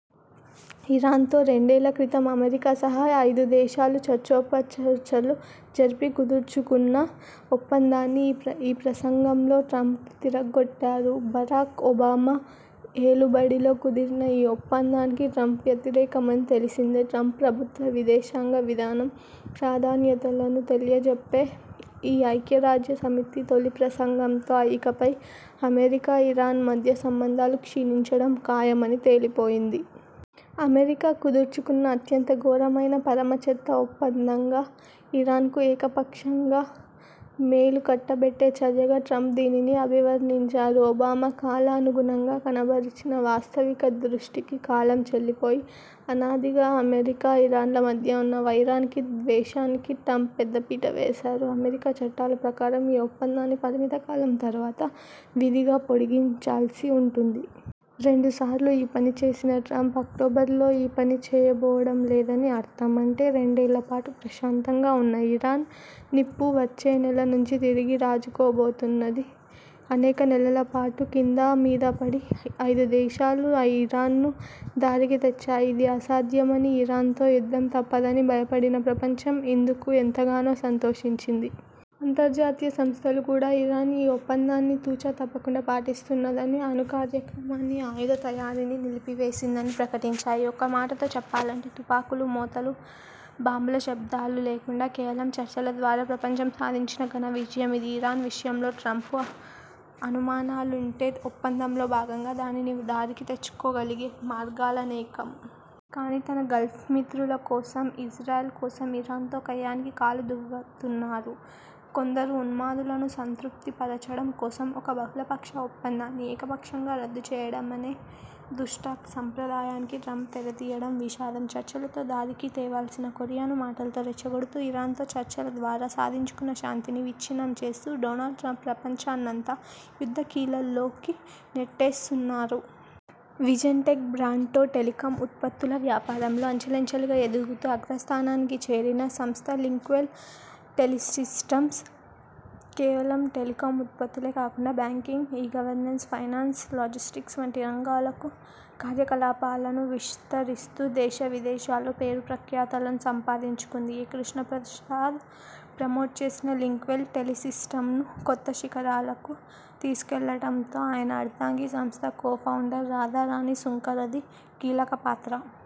ఇరాన్తో రెండేళ్ళక్రితం అమెరికా సహా ఐదుదేశాలు చర్చోపచర్చలు జరిపి కుదుర్చుకున్న ఒప్పందాన్ని ఈ ప్రసంగంలో ట్రంప్ తిరగ్గొట్టారు. బరాక్ ఒబామా ఏలుబడిలో కుదిరిన ఈ ఒప్పందానికి ట్రంప్ వ్యతిరేకమని తెలిసిందే. ట్రంప్ ప్రభుత్వ విదేశాంగ విధానం ప్రాధాన్యతలను తెలియచెప్పే ఈ ఐక్యరాజ్యసమితి తొలి ప్రసంగంతో ఇకపై అమెరికా–ఇరాన్ మధ్య సంబంధాలు క్షీణించడం ఖాయమని తేలిపోయింది. అమెరికా కుదుర్చుకున్న అత్యంత ఘోరమైన, పరమచెత్త ఒప్పందంగా, ఇరాన్కు ఏకపక్షంగా మేలుకట్టబెట్టే చర్యగా ట్రంప్ దీనిని అభివర్ణించారు. ఒబామా కాలానుగుణంగా కనబరచిన వాస్తవిక దృష్టికి కాలం చెల్లిపోయి, అనాదిగా అమెరికా–ఇరాన్ల మధ్య ఉన్న వైరానికీ, ద్వేషానికీ ట్రంప్ పెద్దపీట వేశారు. అమెరికా చట్టాల ప్రకారం ఈ ఒప్పందాన్ని పరిమితకాలం తరువాత విధిగా పొడిగించాల్సి ఉంటుంది. రెండుసార్లు ఈ పనిచేసిన ట్రంప్ అక్టోబర్లో ఆ పనిచేయబోవడం లేదని అర్థం. అంటే రెండేళ్ళపాటు ప్రశాంతంగా ఉన్న ఇరాన్ నిప్పు వచ్చేనెల నుంచి తిరిగి రాజుకోబోతున్నది. అనేక నెలలపాటు కిందామీదాపడి ఐదుదేశాలు ఇరాన్ను దారికి తెచ్చాయి. అది అసాధ్యమనీ, ఇరాన్తో యుద్ధం తప్పదనీ భయపడిన ప్రపంచం ఇందుకు ఎంతగానో సంతోషించింది. అంతర్జాతీయ సంస్థలు కూడా ఇరాన్ ఈ ఒప్పందాన్ని తుచ తప్పకుండా పాటిస్తున్నదనీ, అణుకార్యక్రమాన్నీ, ఆయుధ తయారీని నిలిపివేసిందని ప్రకటించాయి. ఒక్కమాటలో చెప్పాలంటే తుపాకుల మోతలూ, బాంబుల శబ్దాలు లేకుండా కేవలం చర్చల ద్వారా ప్రపంచం సాధించిన ఘనవిజయం ఇది. ఇరాన్ విషయంలో ట్రంప్కు అనుమానాలుంటే ఒప్పందంలో భాగంగా దానిని దారికి తెచ్చుకోగలిగే మార్గాలనేకం. కానీ, తన గల్ఫ్మిత్రుల కోసం, ఇజ్రాయెల్ కోసం ఇరాన్తో కయ్యానికి కాలుదువ్వుతున్నారు. కొందరు ఉన్మాదులను సంతృప్తిపరచడం కోసం ఒక బహుళపక్ష ఒప్పందాన్ని ఏకపక్షంగా రద్దుచేయడమనే దుష్ట సంప్రదాయానికి ట్రంప్ తెరతీయడం విషాదం. చర్చలతో దారికి తేవాల్సిన కొరియాను మాటలతో రెచ్చగొడుతూ, ఇరాన్తో చర్చల ద్వారా సాధించుకున్న శాంతిని విచ్ఛిన్నం చేస్తూ డొనాల్డ్ ట్రంప్ ప్రపంచాన్నంతా యుద్ధకీలల్లోకి నెట్టేస్తున్నారు. విజన్టెక్ బ్రాండ్తో టెలికాం ఉత్పత్తుల వ్యాపారంలో అంచెలంచెలుగా ఎదుగుతూ అగ్రస్థానానికి చేరిన సంస్థ లింక్వెల్ టెలిసిస్టమ్స్. కేవలం టెలికాం ఉత్పత్తులే కాకుండా బ్యాంకింగ్, ఇ-గవర్నెన్స్, ఫైనాన్స్, లాజిస్టిక్స్ వంటి రంగాలకు కార్యకలాపాలను విస్తరిస్తూ దేశ విదేశాల్లో పేరు ప్రఖ్యాతులను సంపాదించుకుంది. ఎ కృష్ణప్రసాద్ ప్రమోట్ చేసిన లింక్వెల్ టెలిసిస్టమ్స్ను కొత్త శిఖరాలకు తీసుకువెళ్లడంతో ఆయన అర్ధాంగి, సంస్థ కో ఫౌండర్ రాధారాణి సుంకరది కీలక పాత్ర.